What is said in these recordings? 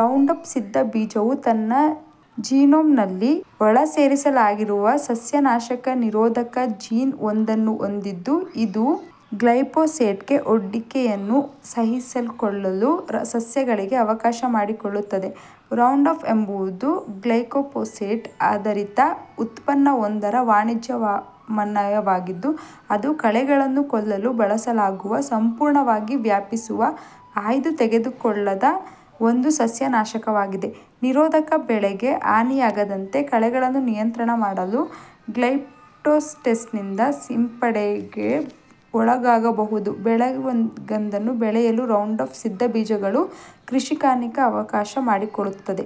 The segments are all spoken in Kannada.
ರೌಂಡಪ್-ಸಿದ್ಧ ಬೀಜವು ತನ್ನ ಜೀನೋಮ್ನಲ್ಲಿ ಒಳಸೇರಿಸಲಾಗಿರುವ ಸಸ್ಯನಾಶಕ ನಿರೋಧಕ ಜೀನ್ ಒಂದನ್ನು ಹೊಂದಿದ್ದು, ಇದು ಗ್ಲೈಫೋಸೇಟ್ಗೆ ಒಡ್ಡಿಕೆಯನ್ನು ಸಹಿಸಿಕೊಳ್ಳಲು ಸಸ್ಯಗಳಿಗೆ ಅವಕಾಶಮಾಡಿಕೊಡುತ್ತದೆ. ರೌಂಡಪ್ ಎಂಬುದು ಗ್ಲೈಫೋಸೇಟ್ ಆಧರಿತ ಉತ್ಪನ್ನವೊಂದರ ವಾಣಿಜ್ಯನಾಮವಾಗಿದ್ದು, ಅದು ಕಳೆಗಳನ್ನು ಕೊಲ್ಲಲು ಬಳಸಲಾಗುವ, ಸಂಪೂರ್ಣವಾಗಿ ವ್ಯಾಪಿಸುವ, ಆಯ್ದು ತೆಗೆದದ್ದಲ್ಲದ ಒಂದು ಸಸ್ಯನಾಶಕವಾಗಿದೆ. ನಿರೋಧಕ ಬೆಳೆಗೆ ಹಾನಿಯಾಗದಂತೆ ಕಳೆಗಳನ್ನು ನಿಯಂತ್ರಣ ಮಾಡಲು, ಗ್ಲೈಫೋಸೈಟ್ನಿಂದ ಸಿಂಪಡಣೆಗೆ ಒಳಗಾಗಬಹುದಾದ ಬೆಳೆಯೊಂದನ್ನು ಬೆಳೆಯಲು ರೌಂಡಪ್-ಸಿದ್ಧ ಬೀಜಗಳು ಕೃಷಿಕನಿಗೆ ಅವಕಾಶ ಮಾಡಿಕೊಡುತ್ತವೆ.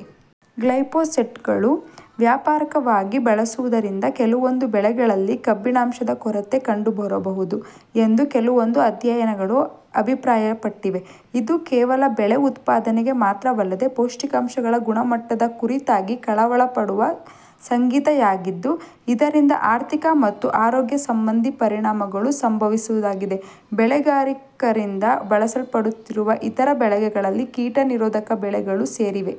ಗ್ಲೈಪೋಸೇಟ್ನ್ನು ವ್ಯಾಪಕವಾಗಿ ಬಳಸುವುದರಿಂದ ಕೆಲವೊಂದು ಬೆಳೆಗಳಲ್ಲಿ ಕಬ್ಬಿಣಾಂಶದ ಕೊರತೆ ಕಂಡುಬರಬಹುದು ಎಂದು ಕೆಲವೊಂದು ಅಧ್ಯಯನಗಳು ಅಭಿಪ್ರಾಯಪಟ್ಟಿವೆ. ಇದು ಕೇವಲ ಬೆಳೆ ಉತ್ಪಾದನೆಗೆ ಮಾತ್ರವಲ್ಲದೆ, ಪೌಷ್ಟಿಕಾಂಶಗಳ ಗುಣಮಟ್ಟದ ಕುರಿತಾಗಿ ಕಳವಳಪಡುವ ಸಂಗತಿಯಾಗಿದ್ದು, ಇದರಿಂದ ಆರ್ಥಿಕ ಮತ್ತು ಆರೋಗ್ಯ ಸಂಬಂಧಿ ಪರಿಣಾಮಗಳೂ ಸಂಭವಿಸಬಹುದಾಗಿದೆ. ಬೆಳೆಗಾರರಿಂದ ಬಳಸಲ್ಪಡುತ್ತಿರುವ ಇತರ ಬೆಳೆಗಳಲ್ಲಿ ಕೀಟ-ನಿರೋಧಕ ಬೆಳೆಗಳು ಸೇರಿವೆ.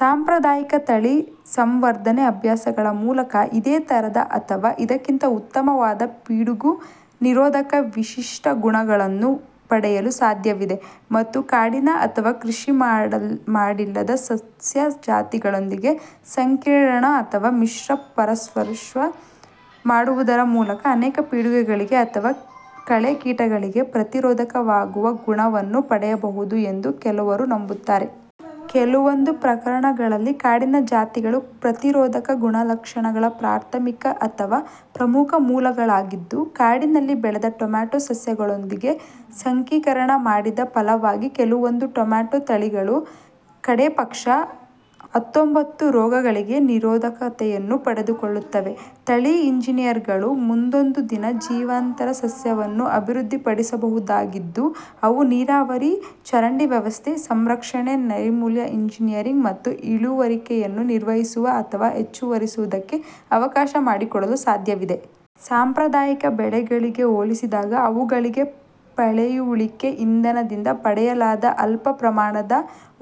ಸಾಂಪ್ರದಾಯಿಕ ತಳಿ ಸಂವರ್ಧನೆ ಅಭ್ಯಾಸಗಳ ಮೂಲಕ ಇದೇ ಥರದ ಅಥವಾ ಇದಕ್ಕಿಂತ ಉತ್ತಮವಾದ ಪಿಡುಗು-ನಿರೋಧಕ ವಿಶಿಷ್ಟ ಗುಣಗಳನ್ನು ಪಡೆಯಲು ಸಾಧ್ಯವಿದೆ, ಮತ್ತು ಕಾಡಿನ ಅಥವಾ ಕೃಷಿಮಾಡಿಲ್ಲದ ಸಸ್ಯ ಜಾತಿಗಳೊಂದಿಗೆ ಸಂಕರೀಕರಣ ಅಥವಾ ಮಿಶ್ರ-ಪರಾಗಸ್ಪರ್ಶ ಮಾಡುವುದರ ಮೂಲಕ ಅನೇಕ ಪಿಡುಗುಗಳಿಗೆ ಅಥವಾ ಕಳೆ-ಕೀಟಗಳಿಗೆ ಪ್ರತಿರೋಧಕವಾಗುವ ಗುಣವನ್ನು ಪಡೆಯಬಹುದು ಎಂದು ಕೆಲವರು ನಂಬುತ್ತಾರೆ. ಕೆಲವೊಂದು ಪ್ರಕರಣಗಳಲ್ಲಿ, ಕಾಡಿನ ಜಾತಿಗಳು ಪ್ರತಿರೋಧಕ ಗುಣಲಕ್ಷಣಗಳ ಪ್ರಾಥಮಿಕ ಅಥವಾ ಪ್ರಮುಖ ಮೂಲಗಳಾಗಿದ್ದು, ಕಾಡಿನಲ್ಲಿ ಬೆಳೆದ ಟೊಮ್ಯಾಟೋ ಸಸ್ಯಗಳೊಂದಿಗೆ ಸಂಕರೀಕರಣ ಮಾಡಿದ ಫಲವಾಗಿ ಕೆಲವೊಂದು ಟೊಮ್ಯಾಟೋ ತಳಿಗಳು ಕಡೇಪಕ್ಷ ಹತ್ತೊಂಬತ್ತು ರೋಗಗಳಿಗೆ ನಿರೋಧಕತೆಯನ್ನು ಪಡೆದುಕೊಂಡಿವೆ. ತಳಿ ಎಂಜಿನಿಯರುಗಳು ಮುಂದೊಂದು ದಿನ ಜೀವಾಂತರ ಸಸ್ಯಗಳನ್ನು ಅಭಿವೃದ್ಧಿಪಡಿಸಬಹುದಾಗಿದ್ದು, ಅವು ನೀರಾವರಿ, ಚರಂಡಿ ವ್ಯವಸ್ಥೆ, ಸಂರಕ್ಷಣೆ ನೈರ್ಮಲ್ಯ ಎಂಜಿನಿಯರಿಂಗ್, ಮತ್ತು ಇಳುವರಿಯನ್ನು ನಿರ್ವಹಿಸುವ ಅಥವಾ ಹೆಚ್ಚಿಸುವುದಕ್ಕೆ ಅವಕಾಶ ಮಾಡಿಕೊಡಲು ಸಾಧ್ಯವಿದೆ. ಸಾಂಪ್ರದಾಯಿಕ ಬೆಳೆಗಳಿಗೆ ಹೋಲಿಸಿದಾಗ, ಅವುಗಳಿಗೆ ಪಳೆಯುಳಿಕೆ ಇಂಧನದಿಂದ ಪಡೆಯಲಾದ ಅಲ್ಪ ಪ್ರಮಾಣದ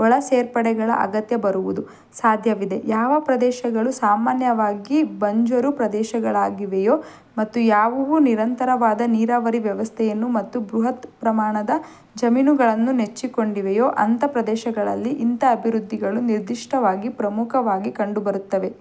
ಒಳಸೇರ್ಪಡೆಗಳ ಅಗತ್ಯ ಬರುವುದು ಸಾಧ್ಯವಿದೆ. ಯಾವ ಪ್ರದೇಶಗಳು ಸಾಮಾನ್ಯವಾಗಿ ಬಂಜರು ಪ್ರದೇಶಗಳಾಗಿವೆಯೋ ಮತ್ತು ಯಾವುವು ನಿರಂತರವಾದ ನೀರಾವರಿ ವ್ಯವಸ್ಥೆಯನ್ನು, ಮತ್ತು ಬೃಹತ್ ಪ್ರಮಾಣದ ಜಮೀನುಗಳನ್ನು ನೆಚ್ಚಿಕೊಂಡಿವೆಯೋ, ಅಂಥ ಪ್ರದೇಶಗಳಲ್ಲಿ ಇಂಥ ಅಭಿವದ್ಧಿಗಳು ನಿರ್ದಿಷ್ಟವಾಗಿ ಪ್ರಮುಖವಾಗಿ ಕಂಡುಬರುತ್ತವೆ.